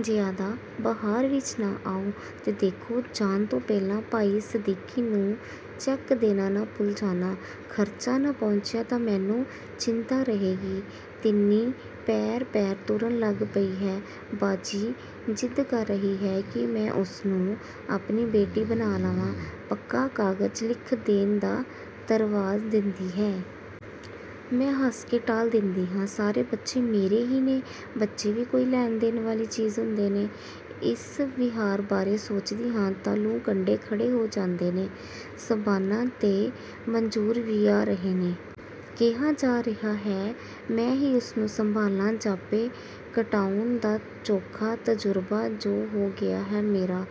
"ਜ਼ਿਆਦਾ ਬਹਾਰ ਵਿੱਚ ਨਾ ਆਓ; ਤੇ ਦੇਖੋ, ਜਾਣ ਤੋਂ ਪਹਿਲਾਂ ਭਾਈ ਸਦੀਕੀ ਨੂੰ ਚੈੱਕ ਦੇਣਾ ਨਾ ਭੁੱਲ ਜਾਣਾ, ਖਰਚਾ ਨਾ ਪਹੁੰਚਿਆ ਤਾਂ ਮੈਨੂੰ ਚਿੰਤਾ ਰਹੇਗੀ। ਤਿੰਨੀ, ਪੈਰ-ਪੈਰ ਤੁਰਨ ਲੱਗ ਪਈ ਹੈ। ਬਾਜੀ ਜ਼ਿੱਦ ਕਰ ਰਹੀ ਹੈ ਕਿ ਮੈਂ ਉਸਨੂੰ ਆਪਣੀ ਬੇਟੀ ਬਣਾ ਲਵਾਂ- ਪੱਕਾ ਕਾਗਜ਼ ਲਿਖ ਦੇਣ ਦਾ ਧਰਵਾਸ ਦਿੰਦੀ ਹੈ। ਮੈਂ ਹੱਸ ਕੇ ਟਾਲ ਦੇਂਦੀ ਹਾਂ, ਸਾਰੇ ਬੱਚੇ ਮੇਰੇ ਹੀ ਨੇ। ਬੱਚੇ ਵੀ ਕੋਈ ਲੈਣ-ਦੇਣ ਵਾਲੀ ਚੀਜ਼ ਹੁੰਦੇ ਨੇ! ਇਸ ਵਿਹਾਰ ਬਾਰੇ ਸੋਚਦੀ ਹਾਂ ਤਾਂ ਲੂੰ-ਕੰਡੇ ਖੜ੍ਹੇ ਹੋ ਜਾਂਦੇ ਨੇ। ਸ਼ਬਾਨਾ ਤੇ ਮੰਜ਼ੂਰ ਵੀ ਆ ਰਹੇ ਨੇ। ਕਿਹਾ ਜਾ ਰਿਹਾ ਹੈ, ਮੈਂ ਹੀ ਉਸਨੂੰ ਸੰਭਾਲਾਂ, ਜਾਪੇ ਕਟਾਉਣ ਦਾ ਚੋਖਾ ਤਜ਼ੁਰਬਾ ਜੋ ਹੋ ਗਿਆ ਹੈ ਮੇਰਾ।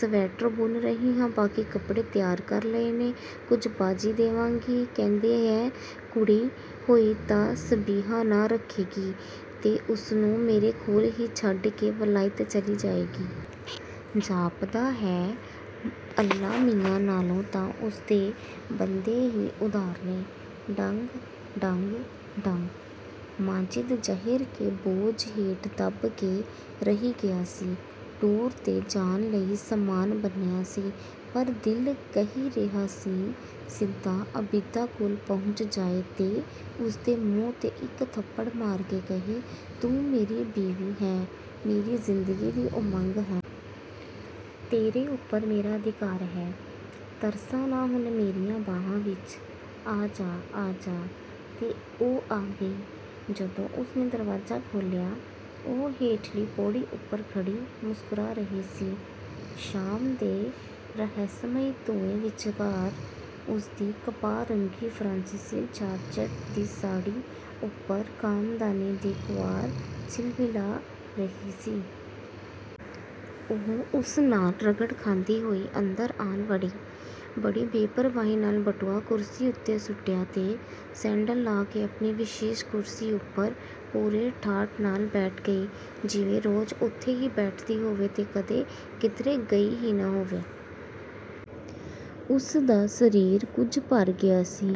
ਸਵੈਟਰ ਬੁਣ ਰਹੀ ਹਾਂ। ਬਾਕੀ ਕੱਪੜੇ ਤਿਆਰ ਕਰ ਲਏ ਨੇ। ਕੁਝ ਬਾਜੀ ਦੇਵੇਗੀ। ਕਹਿੰਦੀ ਹੈ, ਕੁੜੀ ਹੋਈ ਤਾਂ ਸਬਿਹਾ ਨਾਂ ਰੱਖੇਗੀ ਤੇ ਉਸਨੂੰ ਮੇਰੇ ਕੋਲ ਹੀ ਛੱਡ ਕੇ ਵਲਾਇਤ ਚਲੀ ਜਾਏਗੀ। ਜਾਪਦਾ ਹੈ, ਅੱਲਾ ਮੀਆਂ ਨਾਲੋਂ ਤਾਂ ਉਸਦੇ ਬੰਦੇ ਹੀ ਉਦਾਰ ਨੇ।" ਡੰਗ, ਡੰਗ, ਡੰਗ--ਮਾਜਿਦ ਜ਼ਹਿਰ ਦੇ ਬੋਝ ਹੇਠ ਦਬ ਕੇ ਰਹਿ ਗਿਆ ਸੀ। ਟੂਰ 'ਤੇ ਜਾਣ ਲਈ ਸਾਮਾਨ ਬੰਨ੍ਹਿਆ ਸੀ, ਪਰ ਦਿਲ ਕਹਿ ਰਿਹਾ ਸੀ, ਸਿੱਧਾ ਆਬਿਦਾ ਕੋਲ ਪਹੁੰਚ ਜਾਏ ਤੇ ਉਸਦੇ ਮੂੰਹ 'ਤੇ ਇੱਕ ਥੱਪੜ ਮਾਰ ਕੇ ਕਹੇ, ਤੂੰ ਮੇਰੀ ਬੀਵੀ ਹੈਂ, ਮੇਰੀ ਜ਼ਿੰਦਗੀ ਦੀ ਉਮੰਗ ਹੈਂ। ਤੇਰੇ ਉੱਪਰ ਮੇਰਾ ਅਧਿਕਾਰ ਹੈ। ਤਰਸਾ ਨਾ, ਹੁਣ ਮੇਰੀਆਂ ਬਾਹਾਂ ਵਿੱਚ ਆ ਜਾ, ਆ ਜਾ। ਤੇ ਉਹ ਆ ਗਈ। ਜਦੋਂ ਉਸਨੇ ਦਰਵਾਜ਼ਾ ਖੋਲ੍ਹਿਆ, ਉਹ ਹੇਠਲੀ ਪੌੜੀ ਉੱਪਰ ਖੜ੍ਹੀ ਮੁਸਕਰਾ ਰਹੀ ਸੀ। ਸ਼ਾਮ ਦੇ ਰਹੱਸਮਈ ਧੂੰਏਂ ਵਿੱਚਕਾਰ ਉਸਦੀ ਕਪਾਹ-ਰੰਗੀ ਫਰਾਂਸੀਸੀ ਜਾਰਜੈਟ ਦੀ ਸਾੜ੍ਹੀ ਉੱਪਰ ਕਾਮਦਾਨੀ ਦੀ ਕੁਆਰ ਝਿਲਮਿਲਾ ਰਹੀ ਸੀ। ਉਹ ਉਸ ਨਾਲ ਰਗੜ ਖਾਂਦੀ ਹੋਈ ਅੰਦਰ ਆਣ ਵੜੀ। ਬੜੀ ਬੇਪ੍ਰਵਾਹੀ ਨਾਲ ਬਟੂਆ ਕੁਰਸੀ ਉੱਤੇ ਸੁੱਟਿਆ ਤੇ ਸੈਂਡਲ ਲਾਹ ਕੇ ਆਪਣੀ ਵਿਸ਼ੇਸ਼ ਕੁਰਸੀ ਉੱਪਰ ਪੂਰੇ ਠਾਠ ਨਾਲ ਬੈਠ ਗਈ। ਜਿਵੇਂ ਰੋਜ਼ ਉੱਥੇ ਹੀ ਬੈਠਦੀ ਹੋਵੇ ਤੇ ਕਦੇ ਕਿਧਰੇ ਗਈ ਹੀ ਨਾ ਹੋਵੇ। ਉਸਦਾ ਸਰੀਰ ਕੁਝ ਭਰ ਗਿਆ ਸੀ;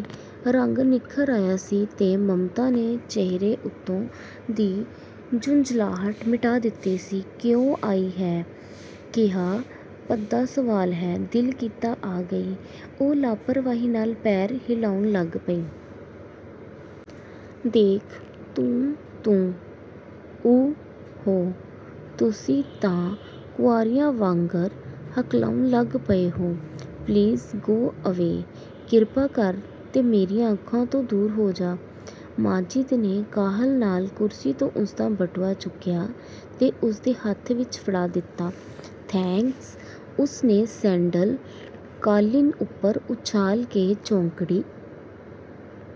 ਰੰਗ ਨਿੱਖਰ ਆਇਆ ਸੀ ਤੇ ਮਮਤਾ ਨੇ ਚਿਹਰੇ ਉੱਤੋਂ ਦੀ ਝੁੰਜਲਾਹਟ ਮਿਟਾ ਦਿੱਤੀ ਸੀ। "ਕਿਉਂ ਆਈ ਹੈਂ?" "ਕਿਹਾ ਭੱਦਾ ਸਵਾਲ ਹੈ! ਦਿਲ ਕੀਤਾ ਆ ਗਈ।" ਉਹ ਲਾਪਰਵਾਹੀ ਨਾਲ ਪੈਰ ਹਿਲਾਉਣ ਲੱਗ ਪਈ। "ਦੇਖ, ਤੂੰ, ਤੂੰ!" "ਓ-ਹੋ, ਤੁਸੀਂ ਤਾਂ ਕੁਆਰੀਆਂ ਵਾਂਗਰ ਹਕਲਾਉਣ ਲੱਗ ਪਏ ਹੋ!" "Please go away. ਕਿਰਪਾ ਕਰ, ਤੇ ਮੇਰੀਆਂ ਅੱਖਾਂ ਤੋਂ ਦੂਰ ਹੋ ਜਾ।" ਮਾਜਿਦ ਨੇ ਕਾਹਲ ਨਾਲ ਕੁਰਸੀ ਤੋਂ ਉਸਦਾ ਬਟੂਆ ਚੁੱਕਿਆ ਤੇ ਉਸਦੇ ਹੱਥ ਵਿੱਚ ਫੜਾ ਦਿੱਤਾ। "ਥੈਂਕਸ," ਉਸਨੇ ਸੈਂਡਲ ਕਾਲੀਨ ਉੱਪਰ ਉਛਾਲ ਕੇ ਚੌਂਕੜੀ